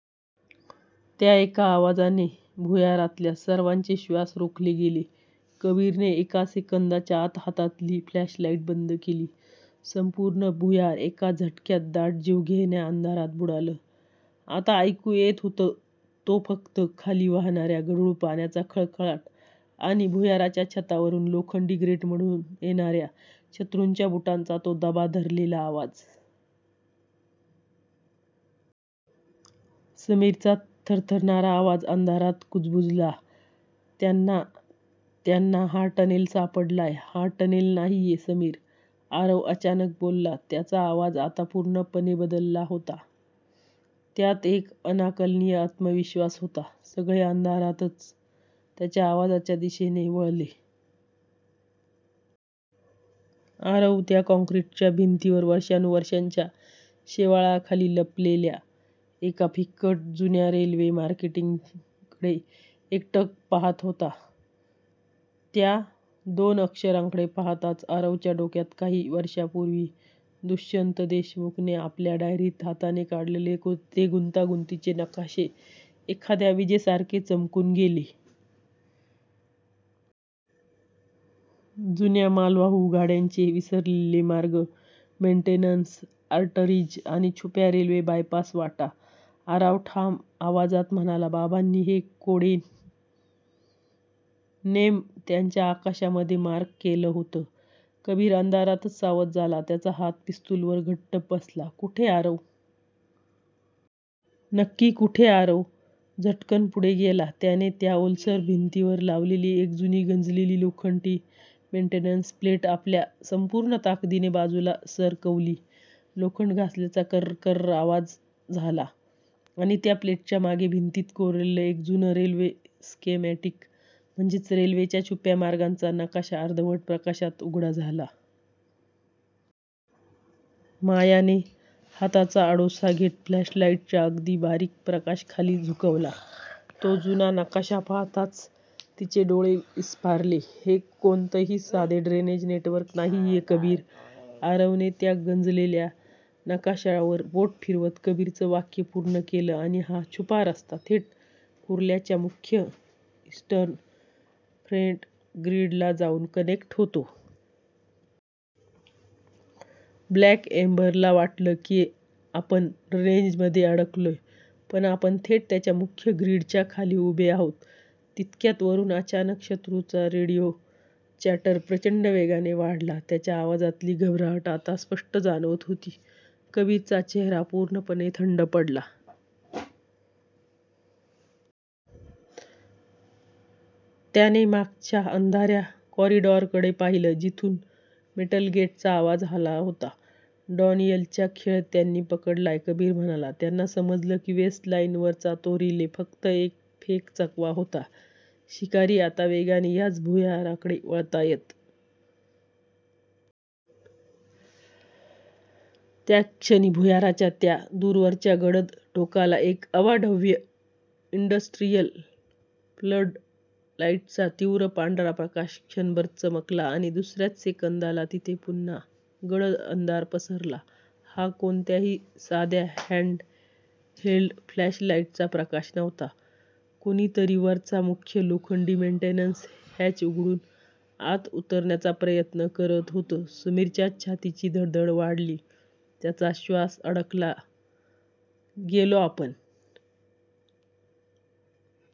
त्या एका आवाजाने भुयारातल्या सर्वांचे श्वास रोखले गेले. कबीरने एका सेकंदाच्या आत हातातली फ्लॅशलाईट बंद केली. संपूर्ण भुयार एका झटक्यात दाट, जीवघेण्या अंधारात बुडालं. आता ऐकू येत होता तो फक्त खाली वाहणाऱ्या गढूळ पाण्याचा खळखळाट आणि भुयाराच्या छतावरून, लोखंडी ग्रेटमधून येणारा शत्रूच्या बुटांचा तो दबा धरलेला आवाज. समीरचा थरथरणारा आवाज अंधारात कुजबुजला, "त्यांना त्यांना हा टनेल सापडलाय. हा टनेल नाहीये समीर", आरव अचानक बोलला. त्याचा आवाज आता पूर्णपणे बदलला होता. त्यात एक अनाकलनीय आत्मविश्वास होता. सगळे अंधारातच त्याच्या आवाजाच्या दिशेने वळले. आरव त्या काँक्रीटच्या भिंतीवर वर्षांनुवर्षांच्या शेवाळाखाली लपलेल्या एका फिकट, जुन्या रेल्वे मार्किंगकडे एकटक पाहत होता. त्या दोन अक्षरांकडे पाहताच आरवच्या डोक्यात काही वर्षांपूर्वी दुष्यंत देशमुखने आपल्या डायरीत हाताने काढलेले ते गुंतागुंतीचे नकाशे एखाद्या विजेसारखे चमकून गेले. जुन्या मालवाहू गाड्यांचे विसरलेले मार्ग मेंटेनन्स आर्टरीज आणि छुप्या रेल्वे बायपास वाटा. आरव ठाम आवाजात म्हणाला,"बाबांनी हे कोड नेम त्यांच्या नकाशामध्ये मार्क केलं होतं." कबीर अंधारातच सावध झाला, त्याचा हात पिस्तुलवर घट्ट बसला, "कुठे आरव? नक्की कुठे? आरव झटकन पुढे गेला. त्याने त्या ओलसर भिंतीवर लावलेली एक जुनी, गंजलेली लोखंडी मेंटेनन्स प्लेट आपल्या संपूर्ण ताकदीने बाजूला सरकवली. लोखंड घासल्याचा करकर आवाज झाला आणि त्या प्लेटच्या मागे भिंतीत कोरलेलं एक जुनं रेल्वे स्केमॅटिक म्हणजेच रेल्वेच्या छुप्या मार्गांचा नकाशा अर्धवट प्रकाशात उघडा झाला. मायाने हाताचा आडोसा घेत फ्लॅशलाईटचा अगदी बारीक प्रकाश खाली झुकवला. तो जुना नकाशा पाहताच तिचे डोळे विस्फारले, "हे हे कोणतंही साधे ड्रेनेज नेटवर्क नाहीये कबीर" आरवने त्या गंजलेल्या नकाशावर बोट फिरवत कबीरचं वाक्य पूर्ण केलं, आणि हा छुपा रस्ता थेट कुर्ल्याच्या मुख्य 'ईस्टर्न फ्रेट ग्रिड'ला जाऊन कनेक्ट होतो. ब्लॅक एम्बरला वाटतंय की आपण ड्रेनेजमध्ये अडकलोय, पण आपण थेट त्यांच्या मुख्य ग्रिडच्या खाली उभे आहोत. तितक्यात वरून अचानक शत्रूचा रेडिओ चॅटर प्रचंड वेगाने वाढला. त्यांच्या आवाजातली घबराट आता स्पष्ट जाणवत होती. कबीरचा चेहरा पूर्णपणे थंड पडला. त्याने मागच्या अंधाऱ्या कॉरिडॉरकडे पाहिले, जिथून मेटल गेटचा आवाज आला होता. "डॅनियलचा खेळ त्यांनी पकडलाय," कबीर म्हणाला. "त्यांना समजलंय की वेस्ट लाईनवरचा तो रिले फक्त एक फेक चकवा होता. शिकारी आता वेगाने याच भुयाराकडे वळतायत." त्याच क्षणी भुयाराच्या त्या दूरवरच्या गडद टोकाला एका अवाढव्य इंडस्ट्रियल फ्लडलाईटचा तीव्र पांढरा प्रकाश क्षणभर चमचमला आणि दुसऱ्याच सेकंदाला तिथे पुन्हा गडद अंधार पसरला. हा कोणत्याही साध्या हँड-हेल्ड फ्लॅशलाईटचा प्रकाश नव्हता. कोणीतरी वरचं मुख्य लोखंडी मेन्टेनन्स हॅच उघडून आत उतरण्याचा प्रयत्न करत होतं. समीरच्या छातीची धडधड वाढली, त्याचा श्वास अडकला, गेलो आपण